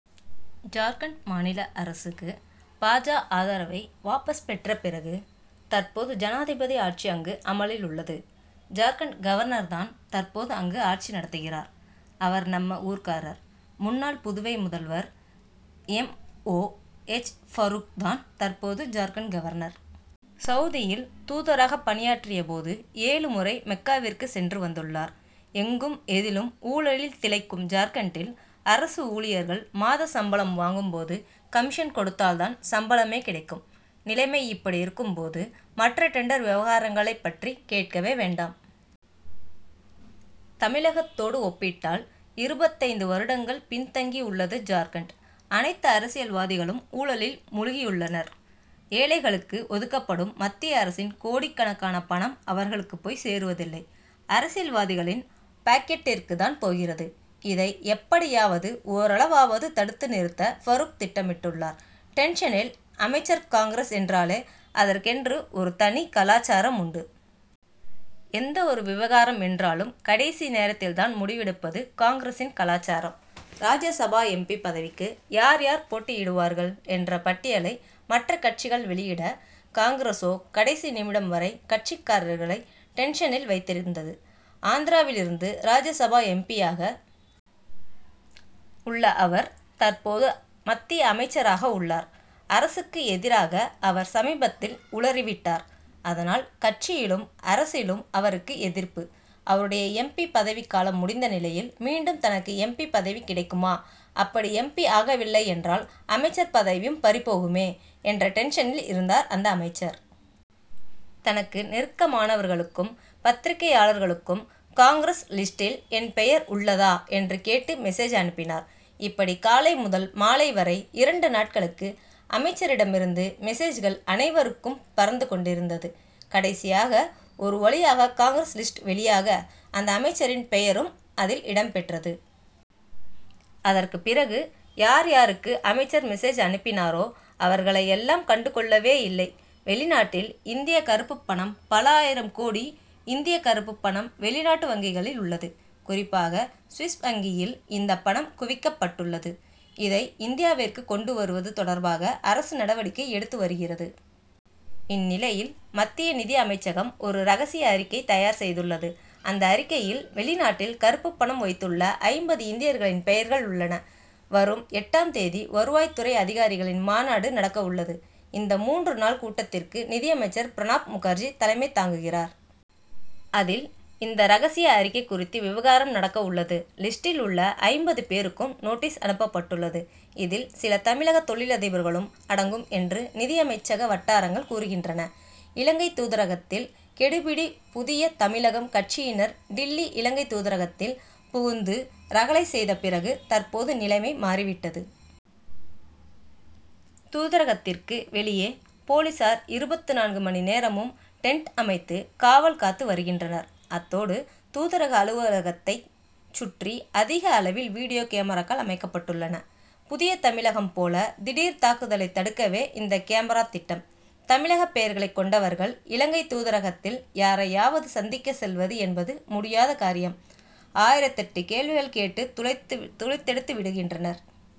ஜார்க்கண்ட் மாநில அரசுக்கு பா. ஜ., ஆதரவை வாபஸ் பெற்ற பிறகு, தற்போது ஜனாதிபதி ஆட்சி அங்கு அமலில் உள்ளது. ஜார்க்கண்ட் கவர்னர் தான் தற்போது அங்கு ஆட்சி நடத்துகிறார். அவர் நம்ம ஊர்க்காரர். முன்னாள் புதுவை முதல்வர் எம். ஓ. எச். பரூக் தான் தற்போது ஜார்க்கண்ட் கவர்னர். சவுதியில் தூதராகப் பணியாற்றிய போது ஏழு முறை மெக்காவிற்கு சென்று வந்துள்ளார். எங்கும், எதிலும் ஊழலில் திளைக்கும் ஜார்க்கண்டில் அரசு ஊழியர்கள் மாத சம்பளம் வாங்கும் போது, கமிஷன் கொடுத்தால் தான் சம்பளமே கிடைக்கும். நிலைமை இப்படியிருக்கும் போது, மற்ற டெண்டர் விவகாரங்களைப் பற்றி கேட்கவே வேண்டாம். தமிழகத்தோடு ஒப்பிட்டால் இருபத்தைந்து வருடங்கள் பின் தங்கி உள்ளது ஜார்க்கண்ட். அனைத்து அரசியல்வாதிகளும் ஊழலில் முழுகியுள்ளனர். ஏழைகளுக்கு ஒதுக்கப்படும் மத்திய அரசின் கோடிக்கணக்கான பணம் அவர்களுக்கு போய் சேருவதில்லை; அரசியல்வாதிகளின் பாக்கெட்டிற்குத் தான் போகிறது. இதை எப்படியாவது ஓரளவாவது தடுத்து நிறுத்த பரூக் திட்டமிட்டுள்ளார் டென்ஷனில் அமைச்சர் காங்கிரஸ் என்றாலே அதற்கென்று ஒரு தனி கலாசாரம் உண்டு. எந்த ஒரு விவகாரம் என்றாலும் கடைசி நேரத்தில் தான் முடிவெடுப்பது காங்கிரசின் கலாசாரம். ராஜ்யசபா எம். பி., பதவிக்கு யார் யார் போட்டியிடுவார்கள் என்ற பட்டியலை மற்ற கட்சிகள் வெளியிட, காங்கிரசோ கடைசி நிமிடம் வரை கட்சிக்காரர்களை டென்ஷனில் வைத்திருந்தது. ஆந்திராவிலிருந்து ராஜ்யசபா எம். பி.,யாக உள்ள அவர் தற்போது மத்திய அமைச்சராக உள்ளார். அரசுக்கு எதிராக அவர் சமீபத்தில் உளறிவிட்டார். அதனால், கட்சியிலும் அரசிலும் அவருக்கு எதிர்ப்பு. அவருடைய எம். பி., பதவிக்காலம் முடிந்த நிலையில் மீண்டும் தனக்கு எம். பி., பதவி கிடைக்குமா? அப்படி எம். பி., ஆகவில்லையென்றால் அமைச்சர் பதவியும் பறிபோகுமே என்ற டென்ஷனில் இருந்தார் அந்த அமைச்சர். தனக்கு நெருக்கமானவர்களுக்கும், பத்திரிகையாளர்களுக்கும் காங்கிரஸ், லிஸ்டில் என் பெயர் உள்ளதா? என்று கேட்டு மெசேஜ் அனுப்பினார். இப்படி காலை முதல் மாலை வரை, இரண்டு நாட்களுக்கு அமைச்சரிடமிருந்து மெசேஜ்கள் அனைவருக்கும் பறந்து கொண்டிருந்தது. கடைசியாக ஒரு வழியாக காங்கிரஸ், லிஸ்ட் வெளியாக, அந்த அமைச்சரின் பெயரும் அதில் இடம்பெற்றது. அதற்குப் பிறகு, யார் யாருக்கு அமைச்சர் மெசேஜ் அனுப்பினாரோ, அவர்களையெல்லாம் கண்டுகொள்ளவேயில்லை. வெளிநாட்டில் இந்திய கறுப்புப்பணம் பல ஆயிரம் கோடி இந்திய கறுப்புப்பணம் வெளிநாட்டு வங்கிகளில் உள்ளது. குறிப்பாக, சுவிஸ் வங்கிகளில் இந்த பணம் குவிக்கப்பட்டுள்ளது. இதை இந்தியாவிற்கு கொண்டு வருவது தொடர்பாக அரசு நடவடிக்கை எடுத்து வருகிறது. இந்நிலையில், மத்திய நிதி அமைச்சகம் ஒரு ரகசிய அறிக்கை தயார் செய்துள்ளது. அந்த அறிக்கையில் வெளிநாட்டில் கறுப்புப்பணம் வைத்துள்ள ஐம்பது இந்தியர்களின் பெயர்கள் உள்ளன. வரும் எட்டாம் தேதி வருவாய்த்துறை அதிகாரிகளின் மாநாடு நடக்க உள்ளது. இந்த மூன்று நாள் கூட்டத்திற்கு நிதியமைச்சர் பிரணாப் முகர்ஜி தலைமை தாங்குகிறார். அதில், இந்த ரகசிய அறிக்கை குறித்து விவாதம் நடக்க உள்ளது. லிஸ்டில் உள்ள ஐம்பது பேருக்கும் நோட்டீஸ் அனுப்பப்பட்டுள்ளது. இதில், சில தமிழக தொழிலதிபர்களும் அடங்கும் என்று நிதியமைச்சக வட்டாரங்கள் கூறுகின்றன. இலங்கை தூதரகத்தில் கெடுபிடி புதிய தமிழகம் கட்சியினர் டில்லி இலங்கை தூதரகத்தில் புகுந்து ரகளை செய்த பிறகு, தற்போது நிலைமை மாறிவிட்டது. தூதரகத்திற்கு வெளியே போலீசார் இருபத்து நான்கு மணி நேரமும் டென்ட் அமைத்து காவல் காத்து வருகின்றனர். அத்தோடு தூதரக அலுவலகத்தைச் சுற்றி அதிக அளவில் வீடியோ கேமராக்கள் அமைக்கப்பட்டுள்ளன. புதிய தமிழகம் போல திடீர் தாக்குதலைத் தடுக்கவே இந்த கேமரா திட்டம். தமிழக பெயர்களைக் கொண்டவர்கள், இலங்கை தூதரகத்தில் யாரையாவது சந்திக்க செல்வது என்பது முடியாத காரியம். ஆயிரத்தெட்டு கேள்விகள் கேட்டு துளைத்தெடுத்து விடுகின்றனர்.